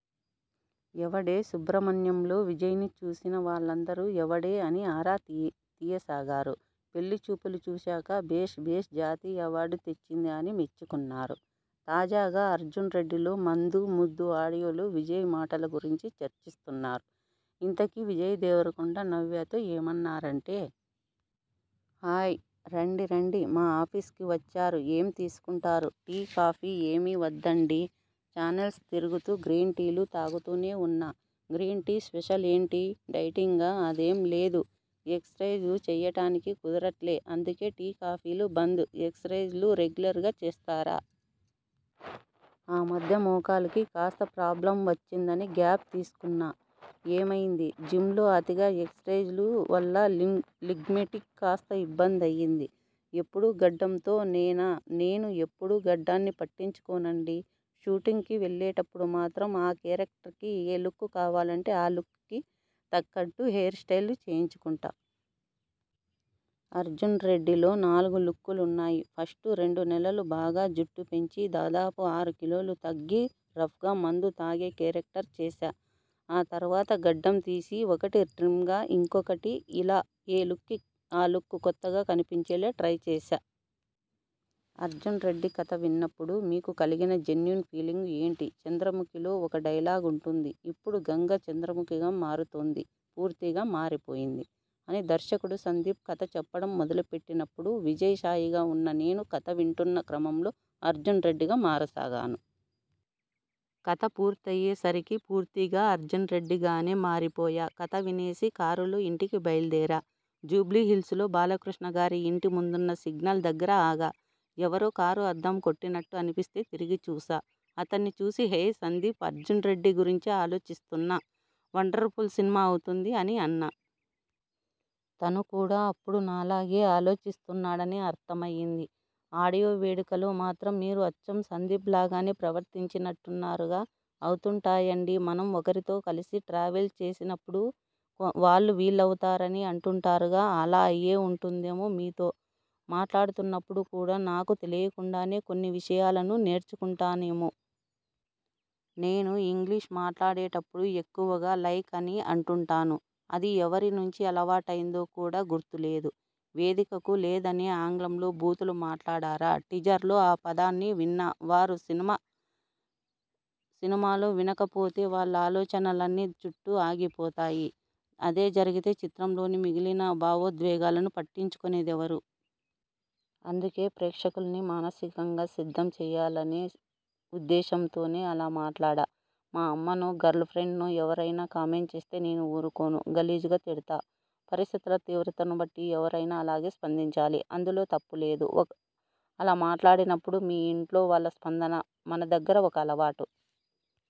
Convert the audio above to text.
ఎవడే సుబ్రమణ్యం'లో విజయ్ని చూసిన వాళ్లందరూ 'ఎవడే? ' అని ఆరా తీయ తీయసాగారు'పెళ్లిచూపులు' చూశాక భేష్. భేష్. జాతీయ అవార్డు తెచ్చింది అని మెచ్చుకున్నారు. తాజాగా 'అర్జున్ రెడ్డి'లో మందు, ముద్దు, ఆడియోలో విజయ్ మాటల గురించి చర్చిస్తున్నారు.! ఇంతకీ విజయ్ దేవరకొండ 'నవ్య'తో ఏమన్నారంటే.! హాయ్ రండి రండి మా ఆఫీస్కి వచ్చారు ఏం తీసుకుంటారు? Tea, coffee? ఏమీ వద్దండి. ఛానెల్స్ తిరుగుతూ గ్రీన్టీలు తాగుతూనే ఉన్నా. గ్రీన్ టీ స్పెషల్ ఏంటి? డైటింగా? అదేం లేదు. ఎక్స్ రైజ్ చేయడానికి కుదరట్లే. అందుకే టీ, కాఫీలు బంద్. ఎక్స్ రైజ్లు రెగ్యులర్గా చేస్తారా? ఆ మధ్య మోకాలుకి కాస్త ప్రాబ్లమ్ వచ్చిందని గ్యాప్ తీసుకున్నా. ఏమైంది? జిమ్లో అతిగా ఎక్స్ రైజ్ వల్ల లిగ్మెంట్కి కాస్త ఇబ్బందయింది. ఎప్పుడూ గడ్డంతో నేనా?. నేను ఎప్పుడూ గడ్డాన్ని పట్టించు కోనండీ. షూటింగ్కి వెళ్లేటప్పుడు మాత్రం ఆ కేరక్టర్కి ఏ లుక్ కావాలంటే ఆ లుక్కి తగ్గట్టు హెయిర్ స్టైల్ చేయించుకుంటా. 'అర్జున్రెడ్డి'లో నాలుగు లుక్కులున్నాయి. ఫస్ట్ రెండు నెలలు బాగా జుట్టు పెంచి, దాదాపు ఆరు కిలోలు తగ్గి రఫ్గా మందు తాగే కేరక్టర్ చేశా. ఆ తర్వాత గడ్డం తీసి ఒకటి, ట్రిమ్గా ఇంకోటి ఇలా ఏ లుక్కి ఆ లుక్ కొత్తగా కనిపించేలా ట్రై చేశా. 'అర్జున్రెడ్డి' కథ విన్నప్పుడు మీకు కలిగిన జెన్యూన్ ఫీలింగ్ ఏంటి? 'చంద్రముఖి'లో ఒక డైలాగ్ ఉంటుంది'ఇప్పుడు గంగ చంద్రముఖిగా మారుతోంది పూర్తిగా మారిపోయింది ' అని దర్శకుడు సందీప్ కథ చెప్పడం మొదలు పెట్టినప్పుడు విజయ్ సాయిగా ఉన్న నేను కథ వింటున్న క్రమంలో అర్జున్రెడ్డిగా మారసాగాను. కథ పూర్తయ్యే సరికి పూర్తిగా 'అర్జున్రెడ్డి'గానే మారిపోయా కథ వినేసి కారులో ఇంటికి బయలుదేరా. జూబ్లీహిల్స్లో బాలకృష్ణగారి ఇంటి ముందున్న సిగ్నల్ దగ్గర ఆగా. ఎవరో కారు అద్దం కొట్టినట్టు అనిపిస్తే తిరిగి చూశా. అతన్ని చూసి 'హేయ్ సందీప్ అర్జున్రెడ్డి గురించే ఆలోచిస్తున్నా. వండర్ఫుల్ సినిమా అవుతుంది' అని అన్నా. తను కూడా అప్పుడు నాలాగే ఆలోచిస్తున్నాడని అర్థమైంది. ఆడియో వేడుకలో మాత్రం మీరు అచ్చం సందీప్లాగానే ప్రవర్తించినట్టున్నారుగా? అవుతుంటాయండీ మనం ఒకరితో కలిసి ట్రావెల్ చేసినప్పుడు వాళ్లు వీళ్లవుతారు అని అంటుంటారుగా అలా అయ్యే ఉంటుందేమో మీతో మాట్లాడుతున్నప్పుడు కూడా నాకు తెలియకుండానే కొన్ని విషయాలను నేర్చుకుంటానేమో. నేను ఇంగ్లిష్ మాట్లాడే టప్పుడు ఎక్కువగా 'లైక్' అని అంటుంటాను. అది ఎవరి నుంచి అలవాటైందో కూడా గుర్తులేదు. వేదికకు లేదనే ఆంగ్లంలో బూతులు మాట్లాడారా? టీజర్లో 'ఆ' పదాన్ని విన్న వారు సినిమా సినిమాలో వినక పోతేవాళ్ల ఆలోచన లన్నీ దాని చుట్టూ ఆగిపోతాయి. అదే జరిగితే చిత్రంలోని మిగిలిన భావోద్వేగాలను పట్టించుకునేదెవరు? అందుకే ప్రేక్షకుల్ని మానసికంగా సిద్ధం చేయాలనే ఉద్దేశం తోనే అలా మాట్లాడా. మా అమ్మనో, గర్ల్ఫ్రెండ్నో ఎవరైనా కామెంట్ చేస్తే నేను ఊరుకోను. గలీజుగ తిడ్తా. పరిస్థితుల తీవ్రతను బట్టి ఎవరైనా అలాగే స్పందించాలి. అందులో తప్పు లేదు. అలా మాట్లాడి నప్పుడు మీ ఇంట్లో వాళ్ల స్పందన? మన దగ్గర ఒక అలవాటు